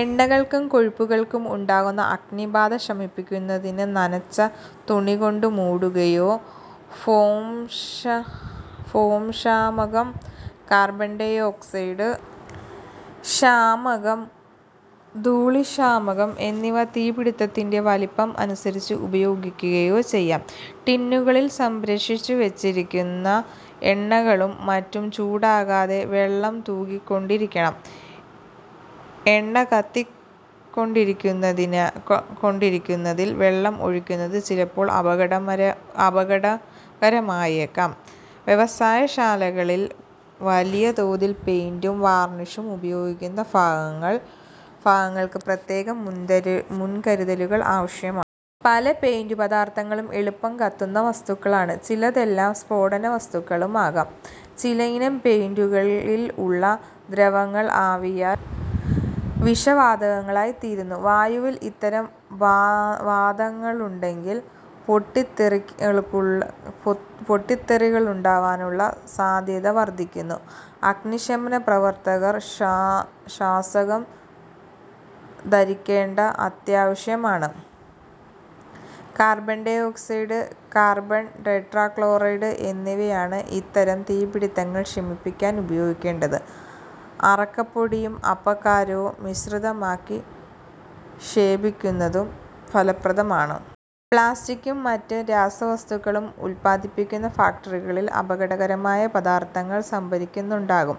എണ്ണകൾക്കും കൊഴുപ്പുകൾക്കും ഉണ്ടാകുന്ന അഗ്നിബാധ ശമിപ്പിക്കുന്നതിന് നനച്ച തുണികൊണ്ടു മൂടുകയോ, ഫോംശാമകം, കാർബൺഡൈഓക്സൈഡ് ശാമകം, ധൂളിശാമകം, എന്നിവ തീപിടിത്തത്തിന്റെ വലിപ്പം അനുസരിച്ച് ഉപയോഗിക്കുകയോ ചെയ്യാം. ടിന്നുകളിൽ സംഭരിച്ചുവച്ചിരിക്കുന്ന എണ്ണകളും മറ്റും ചൂടാകാതെ വെള്ളം തൂകിക്കൊണ്ടിരിക്കണം. എണ്ണകത്തിക്കൊണ്ടിരിക്കുന്നതിൽ വെള്ളം ഒഴിക്കുന്നത് ചിലപ്പോൾ അപകടകരമായേക്കും. വ്യവസായശാലകളിൽ വലിയ തോതിൽ പെയിന്റും, വാർണിഷും ഉപയോഗിക്കുന്ന ഭാഗങ്ങൾക്ക് പ്രത്യേകം മുൻകരുതലുകൾ ആവശ്യമാണ്. പല പെയിന്റുപദാർഥങ്ങളും എളുപ്പം കത്തുന്ന വസ്തുക്കളാണ്. ചിലതെല്ലാം സ്ഫോടകവസ്തുക്കളുമാകാം. ചിലയിനം പെയിന്റുകളിൽ ഉള്ള ദ്രവങ്ങൾ ആവിയായാൽ വിഷവാതകങ്ങളായിത്തീരുന്നു. വായുവിൽ ഇത്തരം വാതകങ്ങളുണ്ടെങ്കിൽ പൊട്ടിത്തെറികളുണ്ടാകാനുള്ള സാധ്യത വർധിക്കുന്നു. അഗ്നിശമന പ്രവർത്തകർ ശ്വാസകം ധരിക്കേണ്ടതാവശ്യമാണ്. കാർബൺഡൈഓക്സൈഡ്, കാർബൺടെട്രാക്ലോറൈഡ് എന്നിവയാണ് ഇത്തരം തീപിടിത്തങ്ങൾ ശമിപ്പിക്കാൻ ഉപയോഗിക്കേണ്ടത്. അറക്കപൊടിയും, അപ്പക്കാരവും മിശ്രിതമാക്കി ക്ഷേപിക്കുന്നതും ഫലപ്രദമാണ്. പ്ലാസ്റ്റിക്കും മറ്റു രാസവസ്തുക്കളും ഉത്പാദിപ്പിക്കുന്ന ഫാക്ടറികളിൽ അപകടകരമായ പദാർഥങ്ങൾ സംഭരിക്കുന്നുണ്ടാകും.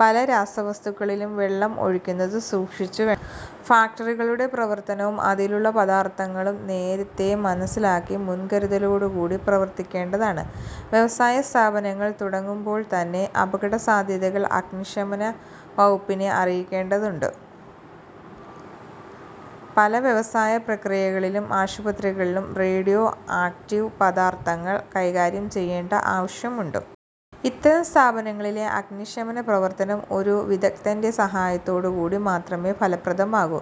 പല രാസവസ്തുക്കളിലും വെള്ളം ഒഴിക്കുന്നത് സൂക്ഷിച്ചുവേണം. ഫാക്ടറിയുടെ പ്രവർത്തനവും, അതിലുള്ള പദാർഥങ്ങളും നേരത്തെ മനസ്സിലാക്കി മുൻകരുതലോടുകൂടി പ്രവർത്തിക്കേണ്ടതാണ്. വ്യവസായസ്ഥാപനങ്ങൾ തുടങ്ങുമ്പോൾതന്നെ, അപകടസാധ്യതകൾ അഗ്നിശമനവകുപ്പിനെ അറിയിക്കാറുണ്ട്. പല വ്യവസായപ്രക്രിയകളിലും, ആശുപത്രികളിലും റേഡിയോ ആക്റ്റീവ് പദാർഥങ്ങൾ കൈകാര്യം ചെയ്യേണ്ട ആവശ്യമുണ്ട്. ഇത്തരം സ്ഥാപനങ്ങളിലെ അഗ്നിശമനപ്രവർത്തനം ഒരു വിദഗ്ദ്ധന്റെ സഹായത്തോടുകൂടി മാത്രമേ ഫലപ്രദമാകൂ.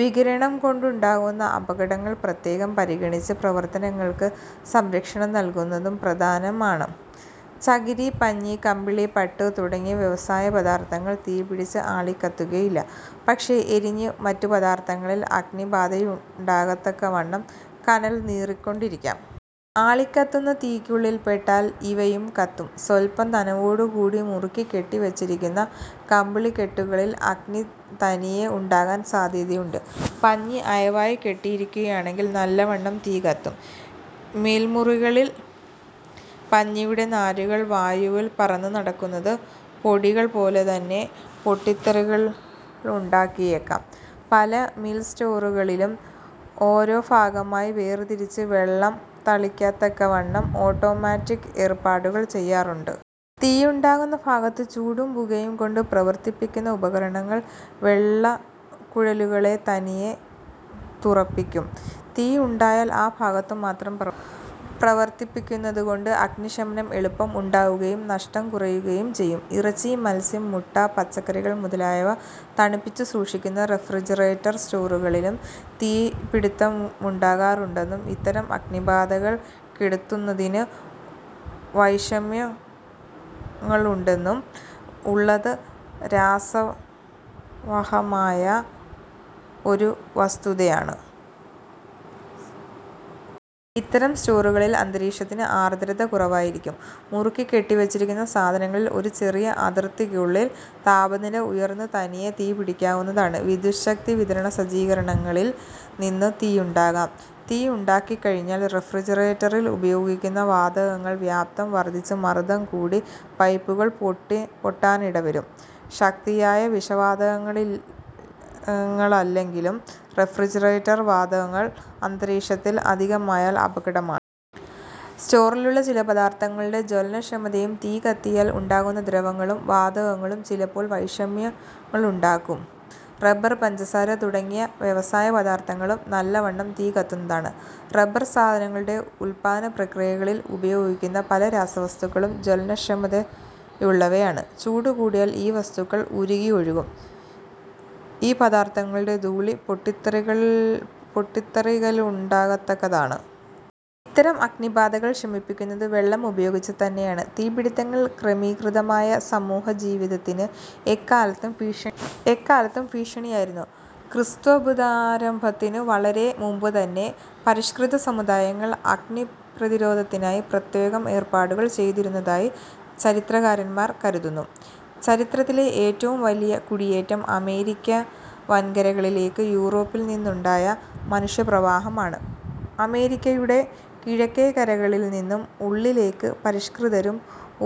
വികിരണം കൊണ്ടുണ്ടാകാവുന്ന അപകടങ്ങൾ പ്രത്യേകം പരിഗണിച്ച് പ്രവർത്തകർക്ക് സംരക്ഷണം നല്കുന്നതും പ്രധാനമാണ്. ചകിരി, പഞ്ഞി, കമ്പിളി, പട്ട് തുടങ്ങിയ വ്യവസായ പദാർഥങ്ങൾ തീപിടിച്ച് ആളിക്കത്തുകയില്ല, പക്ഷേ എരിഞ്ഞ് മറ്റു പദാർഥങ്ങളിൽ അഗ്നിബാധയുണ്ടാകത്തക്കവണ്ണം കനൽ നീറിക്കൊണ്ടിരിക്കാം. ആളിക്കത്തുന്ന തീക്കുള്ളിൽ പെട്ടാൽ ഇവയും കത്തും. സ്വല്പം നനവോടുകൂടി മുറുക്കി കെട്ടിവച്ചിരിക്കുന്ന കമ്പിളിക്കെട്ടുകളിൽ അഗ്നി തനിയെ ഉണ്ടാകാൻ സാധ്യതയുണ്ട്. പഞ്ഞി അയവായി കെട്ടിയിരിക്കുകയാണെങ്കിൽ നല്ലവണ്ണം തീ കത്തും. മിൽ മുറികളിൽ പഞ്ഞിയുടെ നാരുകൾ വായുവിൽ പറന്നുനടക്കുന്നത് പൊടികൾപോലെതന്നെ പൊട്ടിത്തെറിക്കലുണ്ടാക്കിയേക്കും. പല മിൽ സ്റ്റോറുകളിലും ഓരോ ഭാഗമായി വേർതിരിച്ച് വെള്ളം തളിക്കത്തക്കവണ്ണം ഓട്ടോമാറ്റിക് ഏർപ്പാടുകൾ ചെയ്യാറുണ്ട്. തീയുണ്ടാകുന്ന ഭാഗത്ത് ചൂടും പുകയുംകൊണ്ട് പ്രവർത്തിപ്പിക്കുന്ന ഉപകരണങ്ങൾ വെള്ളക്കുഴലുകളെ തനിയെ തുറപ്പിക്കും. തീ ഉണ്ടായാൽ ആ ഭാഗത്തു മാത്രം പ്രവർത്തിക്കുന്നതുകൊണ്ട് അഗ്നിശമനം എളുപ്പം ഉണ്ടാകുകയും നഷ്ടം കുറയുകയും ചെയ്യും. ഇറച്ചി, മത്സ്യം, മുട്ട, പച്ചക്കറികൾ മുതലായവ തണുപ്പിച്ചു സൂക്ഷിക്കുന്ന റഫ്രിജറേറ്റർ സ്റ്റോറുകളിലും തീപിടിത്തമുണ്ടാകാറുണ്ടെന്നും ഇത്തരം അഗ്നിബാധകൾ കെടുത്തുന്നതിനു വൈഷമ്യങ്ങളുണ്ടെന്നും ഉള്ളത് രസാവഹമായ ഒരു വസ്തുതയാണ്. ഇത്തരം സ്റ്റോറുകളിൽ അന്തരീക്ഷത്തിന് ആർദ്രത കുറവായിരിക്കും. മുറുക്കിക്കെട്ടിവച്ചിരിക്കുന്ന സാധനങ്ങളിൽ ഒരു ചെറിയ അതിർത്തിക്കുള്ളിൽ താപനില ഉയർന്ന് തനിയെ തീ പിടിക്കാവുന്നതാണ്. വിദ്യുച്ഛക്തി വിതരണസജ്ജീകരണങ്ങളിൽ നിന്നും തീയുണ്ടാകാം. തീയുണ്ടായിക്കഴിഞ്ഞാൽ റഫ്രിജറേറ്ററിൽ ഉപയോഗിക്കുന്ന വാതകങ്ങൾ വ്യാപ്തം വർധിച്ച് മർദംകൂടി പൈപ്പുകൾ പൊട്ടാനിടവരും. ശക്തിയായ വിഷവാതകങ്ങളല്ലെങ്കിലും റഫ്രിജറേറ്റർവാതകങ്ങൾ അന്തരീക്ഷത്തിൽ അധികമായാൽ അപകടമാണ്. സ്റ്റോറിലുള്ള ചില പദാർഥങ്ങളുടെ ജ്വലനക്ഷമതയും തീ കത്തിയാൽ ഉണ്ടാകുന്ന ദ്രവങ്ങളും വാതകങ്ങളും ചിലപ്പോൾ വൈഷമ്യങ്ങളുണ്ടാക്കും. റബർ, പഞ്ചസാര തുടങ്ങിയ വ്യവസായപദാർഥങ്ങളും നല്ലവണ്ണം തീ കത്തുന്നതാണ്. റബർസാധനങ്ങളുടെ ഉത്പാദനപ്രക്രിയകളിൽ ഉപയോഗിക്കുന്ന പല രാസവസ്തുക്കളും ജ്വലനക്ഷമതയുള്ളവയാണ്. ചൂടുകൂടിയാൽ ഈ വസ്തുക്കൾ ഉരുകി ഒഴുകും. ഈ പദാർഥങ്ങളുടെ ധൂളി പൊട്ടിത്തെറിക്കലുണ്ടാകത്തക്കതാണ്. ഇത്തരം അഗ്നിബാധകൾ ശമിപ്പിക്കുന്നത് വെള്ളം ഉപയോഗിച്ചുതന്നെയാണ്. തീപിടിത്തങ്ങൾ ക്രമീകൃതമായ സാമൂഹ്യജീവിതത്തിന് എല്ലാക്കാലത്തും ഭീഷണിയായിരുന്നു. ക്രിസ്ത്വബ്ദാരംഭത്തിനു വളരെ മുമ്പുതന്നെ പരിഷ്കൃത സമുദായങ്ങൾ അഗ്നിപ്രതിരോധത്തിനായി പ്രത്യേകം ഏർപ്പാടുകൾ ചെയ്തിരുന്നതായി ചരിത്രകാരൻമാർ കരുതുന്നു. ചരിത്രത്തിലെ ഏറ്റവും വലിയ കുടിയേറ്റം അമേരിക്ക വൻകരകളിലേക്ക് യൂറോപ്പിൽനിന്നുമുണ്ടായ മനുഷ്യപ്രവാഹമാണ്. അമേരിക്കയുടെ കിഴക്കേ കരകളിൽനിന്നും ഉള്ളിലേക്ക് പരിഷ്കൃതരും,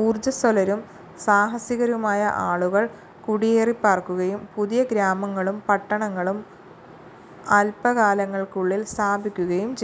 ഊർജസ്വലരും, സാഹസികരുമായ ആളുകൾ കുടിയേറിപ്പാർക്കുകയും പുതിയ ഗ്രാമങ്ങളും പട്ടണങ്ങളും അല്പകാലങ്ങൾക്കുള്ളിൽ സ്ഥാപിക്കുകയും ചെയ്തു.